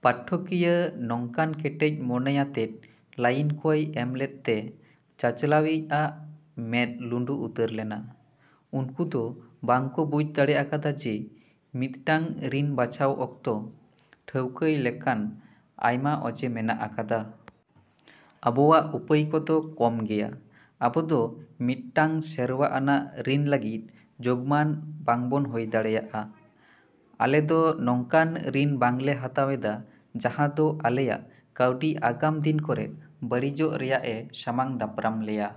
ᱯᱟᱴᱷᱚ ᱠᱤᱭᱟᱹ ᱱᱚᱝᱠᱟᱱ ᱠᱮᱴᱮᱡ ᱢᱚᱱᱮᱭᱟᱛᱮᱫ ᱞᱟᱭᱤᱱ ᱠᱚᱭ ᱮᱢᱞᱮᱫ ᱛᱮ ᱪᱟᱪᱟᱞᱟᱣᱤᱡ ᱟᱜ ᱢᱮᱫ ᱞᱩᱸᱰᱩ ᱩᱛᱟᱹᱨ ᱞᱮᱱᱟ᱾ ᱩᱱᱠᱩ ᱫᱚ ᱵᱟᱝ ᱠᱚ ᱵᱩᱡ ᱫᱟᱲᱮ ᱟᱠᱟᱫᱟ ᱡᱮ ᱢᱤᱫᱴᱟᱝ ᱨᱤᱱ ᱵᱟᱪᱷᱟᱣ ᱚᱠᱛᱚ ᱴᱷᱟᱹᱣᱠᱟᱹᱭ ᱞᱮᱠᱟᱱ ᱟᱭᱢᱟ ᱚᱡᱮ ᱢᱮᱱᱟᱜ ᱟᱠᱟᱫᱟ! ᱟᱵᱚᱣᱟᱜ ᱩᱯᱟᱹᱭ ᱠᱚ ᱫᱚ ᱠᱚᱢ ᱜᱮᱭᱟ! ᱟᱵᱚ ᱫᱚ ᱢᱤᱫᱴᱟᱝ ᱥᱮᱨᱣᱟ ᱟᱱᱟᱜ ᱨᱤᱱ ᱞᱟᱹᱜᱤᱫ ᱡᱳᱜᱢᱟᱱ ᱵᱟᱝ ᱵᱚᱱ ᱦᱩᱭ ᱫᱟᱲᱮᱭᱟᱜᱼᱟ᱾ ᱟᱞᱮ ᱫᱚ ᱱᱚᱝ ᱠᱟᱱ ᱨᱤᱱ ᱵᱟᱝᱞᱮ ᱦᱟᱛᱟᱣ ᱮᱫᱟ ᱡᱟᱦᱟᱸ ᱫᱚ ᱟᱞᱮᱭᱟᱜ ᱠᱟᱹᱣᱰᱤ ᱟᱜᱟᱢ ᱫᱤᱱ ᱠᱚᱨᱮ ᱵᱟᱹᱲᱤᱡᱚᱜ ᱨᱮᱭᱟᱜ ᱮ ᱥᱟᱢᱟᱝ ᱫᱟᱯᱨᱟᱢ ᱞᱮᱭᱟ!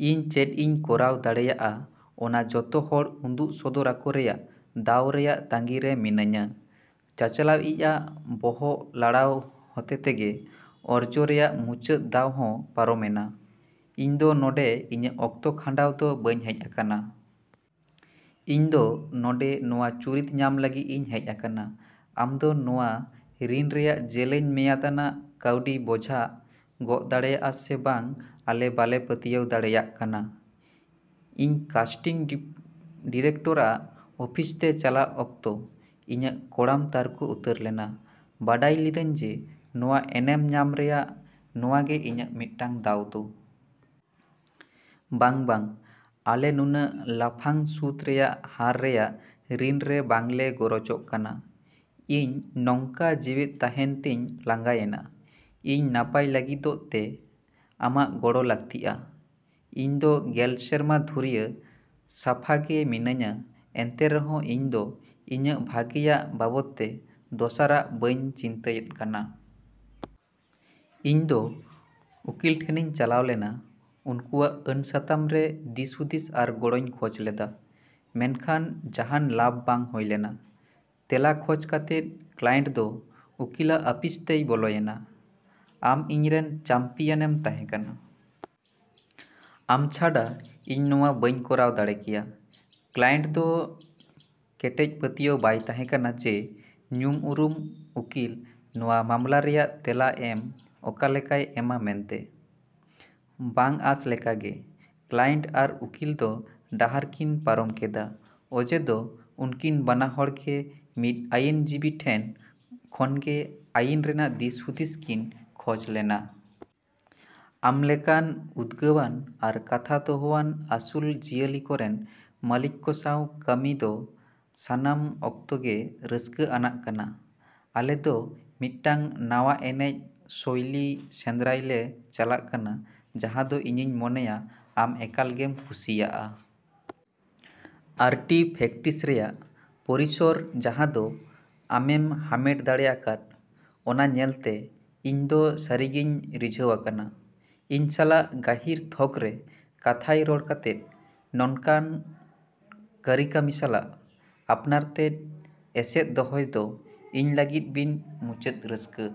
ᱤᱧ ᱪᱮᱫ ᱤᱧ ᱠᱚᱨᱟᱣ ᱫᱟᱲᱮᱹᱭᱟᱜᱼᱟ ᱚᱱᱟ ᱡᱚᱛᱚ ᱦᱚᱲ ᱩᱫᱩᱜ ᱥᱚᱫᱚᱨ ᱟᱠᱚ ᱨᱮᱭᱟᱜ ᱫᱟᱣ ᱨᱮᱭᱟᱜ ᱛᱟᱺᱜᱤ ᱨᱮ ᱢᱤᱱᱟᱹᱧᱟ᱾ ᱪᱟᱪᱟᱞᱟᱣᱤᱡᱟᱜ ᱵᱚᱦᱚᱜ ᱞᱟᱲᱟᱣ ᱦᱚᱛᱮ ᱛᱮᱜᱮ ᱚᱨᱡᱚ ᱨᱮᱭᱟᱜ ᱢᱩᱪᱟᱹᱫ ᱫᱟᱣ ᱦᱚᱸ ᱯᱟᱨᱚᱢ ᱮᱱᱟ᱾ ᱤᱧ ᱫᱚ ᱱᱚᱸᱰᱮ ᱤᱧᱟᱹᱜ ᱚᱠᱛᱚ ᱠᱷᱟᱸᱰᱟᱣ ᱫᱚ ᱵᱟᱹᱧ ᱦᱮᱡ ᱟᱠᱟᱱᱟ! ᱤᱧ ᱫᱚ ᱱᱚᱸᱰᱮ ᱱᱚᱶᱟ ᱪᱩᱨᱤᱛ ᱧᱟᱢ ᱞᱟᱹᱜᱤᱫ ᱤᱧ ᱦᱮᱡ ᱟᱠᱟᱱᱟ᱾ ᱟᱢ ᱫᱚ ᱱᱚᱶᱟ ᱨᱤᱱ ᱨᱮᱭᱟᱜ ᱡᱮᱞᱮᱧ ᱢᱮᱭᱟᱫ ᱟᱱᱟᱜ ᱠᱟᱹᱣᱰᱤ ᱵᱚᱡᱷᱟᱢ ᱜᱚᱜ ᱫᱟᱲᱮᱭᱟᱜᱼᱟ ᱥᱮ ᱵᱟᱝ ᱟᱞᱮ ᱵᱟᱞᱮ ᱯᱟᱹᱛᱭᱟᱹᱣ ᱫᱟᱲᱮᱭᱟᱜ ᱠᱟᱱᱟ᱾ ᱤᱧ ᱠᱟᱥᱴᱤᱝ ᱰᱤᱨᱮᱠᱴᱚᱨ ᱟᱜ ᱚᱯᱷᱤᱥ ᱛᱮ ᱪᱟᱞᱟᱜ ᱚᱠᱛᱚ ᱤᱧᱟᱜ ᱠᱚᱲᱟᱢ ᱛᱟᱨᱠᱚ ᱩᱛᱟᱹᱨ ᱞᱮᱱᱟ, ᱵᱟᱰᱟᱭ ᱞᱤᱫᱟᱹᱧ ᱡᱮ ᱱᱚᱶᱟ ᱮᱱᱮᱢ ᱧᱟᱢ ᱨᱮᱭᱟᱜ ᱱᱚᱶᱟ ᱜᱮ ᱤᱧᱟᱜ ᱢᱤᱫᱴᱟᱝ ᱫᱟᱣ ᱫᱚ᱾ ᱵᱟᱝ, ᱵᱟᱝ! ᱟᱞᱮ ᱱᱩᱱᱟᱹᱜ ᱞᱟᱯᱷᱟᱝ ᱥᱩᱫ ᱨᱮᱭᱟᱜ ᱦᱟᱨ ᱨᱮᱭᱟᱜ ᱨᱤᱱ ᱨᱮ ᱵᱟᱝ ᱞᱮ ᱜᱚᱨᱚᱡᱚᱜ ᱠᱟᱱᱟ᱾ ᱤᱧ ᱱᱚᱝᱠᱟ ᱡᱤᱣᱮᱫ ᱛᱟᱦᱮᱸᱱ ᱛᱮᱧ ᱞᱟᱸᱜᱟᱭᱮᱱᱟ! ᱤᱧ ᱱᱟᱯᱟᱭ ᱞᱟᱹᱜᱤᱫᱚᱜ ᱛᱮ ᱟᱢᱟᱜ ᱜᱚᱲᱚ ᱞᱟᱹᱠᱛᱤᱼᱟ! ᱤᱧ ᱫᱚ ᱜᱮᱞ ᱥᱮᱨᱢᱟ ᱫᱷᱩᱨᱭᱟᱹ ᱥᱟᱯᱷᱟ ᱜᱮ ᱢᱤᱱᱟᱹᱧᱟ ᱮᱱᱛᱮ ᱨᱮᱦᱚᱸ ᱤᱧ ᱫᱚ ᱤᱧᱟᱹᱜ ᱵᱷᱟᱜᱮᱭᱟᱜ ᱵᱟᱵᱚᱫ ᱛᱮ ᱫᱚᱥᱟᱨᱟᱜ ᱵᱟᱹᱧ ᱪᱤᱱᱛᱟᱹᱭᱮᱫ ᱠᱟᱱᱟ᱾ ᱤᱧ ᱫᱚ ᱩᱠᱤᱞ ᱴᱷᱮᱱᱤᱧ ᱪᱟᱞᱟᱣ ᱞᱮᱱᱟ, ᱩᱱᱠᱩᱣᱟᱜ ᱟᱹᱱ ᱥᱟᱛᱟᱢ ᱨᱮ ᱫᱤᱥᱦᱩᱫᱤᱥ ᱟᱨ ᱜᱚᱲᱚᱧ ᱠᱷᱚᱡ ᱞᱮᱫᱟ, ᱢᱮᱱᱠᱷᱟᱱ ᱡᱟᱦᱟᱱ ᱞᱟᱵᱷ ᱵᱟᱝ ᱦᱩᱭ ᱞᱮᱱᱟ! ᱛᱮᱞᱟ ᱠᱷᱚᱡ ᱠᱟᱛᱮᱫ ᱠᱞᱟᱭᱮᱱᱴ ᱫᱚ ᱩᱠᱤᱞᱟᱜ ᱟᱹᱯᱤᱥᱛᱮᱭ ᱵᱚᱞᱚᱭ ᱮᱱᱟ! ᱟᱢ ᱤᱧᱨᱮᱱ ᱪᱮᱢᱯᱤᱭᱚᱱ ᱮᱢ ᱛᱟᱦᱮᱸ ᱠᱟᱱᱟ! ᱟᱢ ᱪᱷᱟᱰᱟ ᱤᱧ ᱱᱚᱶᱟ ᱵᱟᱹᱧ ᱠᱚᱨᱟᱣ ᱫᱟᱲᱮ ᱠᱮᱭᱟ᱾ ᱠᱞᱟᱭᱮᱱᱴ ᱫᱚ ᱠᱮᱴᱮᱡ ᱯᱟᱹᱛᱭᱟᱹᱣ ᱵᱟᱭ ᱛᱟᱷᱮᱸ ᱠᱟᱱᱟ ᱡᱮ ᱧᱩᱢᱩᱨᱩᱢ ᱩᱠᱤᱞ ᱱᱚᱶᱟ ᱢᱟᱢᱞᱟ ᱨᱮᱭᱟᱜ ᱛᱮᱞᱟ ᱚᱠᱟ ᱞᱮᱠᱟᱭ ᱮᱢᱟ ᱢᱮᱱᱛᱮ᱾ ᱵᱟᱝ ᱟᱥ ᱞᱮᱠᱟᱜᱮ, ᱠᱞᱟᱭᱮᱱᱴ ᱟᱨ ᱩᱠᱤᱞ ᱫᱚ ᱰᱟᱦᱟᱨ ᱠᱤᱱ ᱯᱟᱨᱚᱢ ᱠᱮᱫᱟ, ᱚᱡᱮ ᱫᱚ ᱩᱱᱠᱤᱱ ᱵᱟᱱᱟ ᱦᱚᱲ ᱜᱮ ᱢᱤᱫ ᱟᱹᱭᱤᱱ ᱡᱤᱵᱤ ᱴᱷᱮᱱ ᱠᱷᱚᱱᱜᱮ ᱟᱭᱤᱱ ᱨᱮᱭᱟᱜ ᱫᱤᱥᱼᱦᱩᱫᱤᱥ ᱠᱤᱱ ᱠᱷᱚᱡ ᱞᱮᱱᱟ᱾ ᱟᱢ ᱞᱮᱠᱟᱱ ᱩᱫᱜᱟᱹᱣᱟᱱ ᱟᱨ ᱠᱟᱛᱷᱟ ᱫᱚᱦᱚᱣᱟᱱ ᱟᱹᱥᱩᱞ ᱡᱤᱭᱟᱹᱞᱤ ᱠᱚᱨᱮᱱ ᱢᱟᱹᱞᱤᱠ ᱠᱚ ᱥᱟᱶ ᱠᱟᱹᱢᱤᱭ ᱫᱚ ᱥᱟᱱᱟᱢ ᱚᱠᱛᱚ ᱜᱮ ᱨᱟᱹᱥᱠᱟᱹ ᱟᱱᱟᱜ ᱠᱟᱱᱟ᱾ ᱟᱞᱮ ᱫᱚ ᱢᱤᱫᱴᱟᱝ ᱱᱟᱣᱟ ᱮᱱᱮᱡ ᱥᱳᱭᱞᱤ ᱥᱮᱸᱫᱽᱨᱟᱭ ᱞᱮ ᱪᱟᱞᱟᱜ ᱠᱟᱱᱟ ᱡᱟᱦᱟᱸ ᱫᱚ ᱤᱧᱤᱧ ᱢᱚᱱᱮᱭᱟ ᱟᱢ ᱮᱠᱟᱞ ᱜᱮᱢ ᱠᱩᱥᱤᱭᱟᱜᱼᱟ᱾ ᱟᱨᱴᱤᱯᱷᱮᱠᱴᱥ ᱨᱮᱭᱟᱜ ᱯᱚᱨᱤᱥᱚᱨ ᱡᱟᱦᱟᱸ ᱫᱚ ᱟᱢᱮᱢ ᱦᱟᱢᱮᱴ ᱫᱟᱲᱮᱭᱟᱠᱟᱫ ᱚᱱᱟ ᱧᱮᱞᱛᱮ ᱤᱧ ᱫᱚ ᱥᱟᱹᱨᱤ ᱜᱮᱧ ᱨᱤᱡᱷᱟᱹᱣ ᱟᱠᱟᱱᱟ᱾ ᱤᱧ ᱥᱟᱞᱟᱜ ᱜᱟᱹᱦᱤᱨ ᱛᱷᱚᱠ ᱨᱮ ᱠᱟᱛᱷᱟᱭ ᱨᱚᱲ ᱠᱟᱛᱮᱫ ᱱᱚᱝᱠᱟᱱ ᱠᱟᱹᱨᱤᱠᱟᱹᱢᱤ ᱥᱟᱞᱟᱜ ᱟᱯᱱᱟᱨ ᱛᱮᱫ ᱮᱥᱮᱫ ᱫᱚᱦᱚᱭ ᱫᱚ ᱤᱧ ᱞᱟᱹᱜᱤᱫ ᱵᱤᱱ ᱢᱩᱪᱟᱹᱫ ᱨᱟᱹᱥᱠᱟᱹᱼᱼ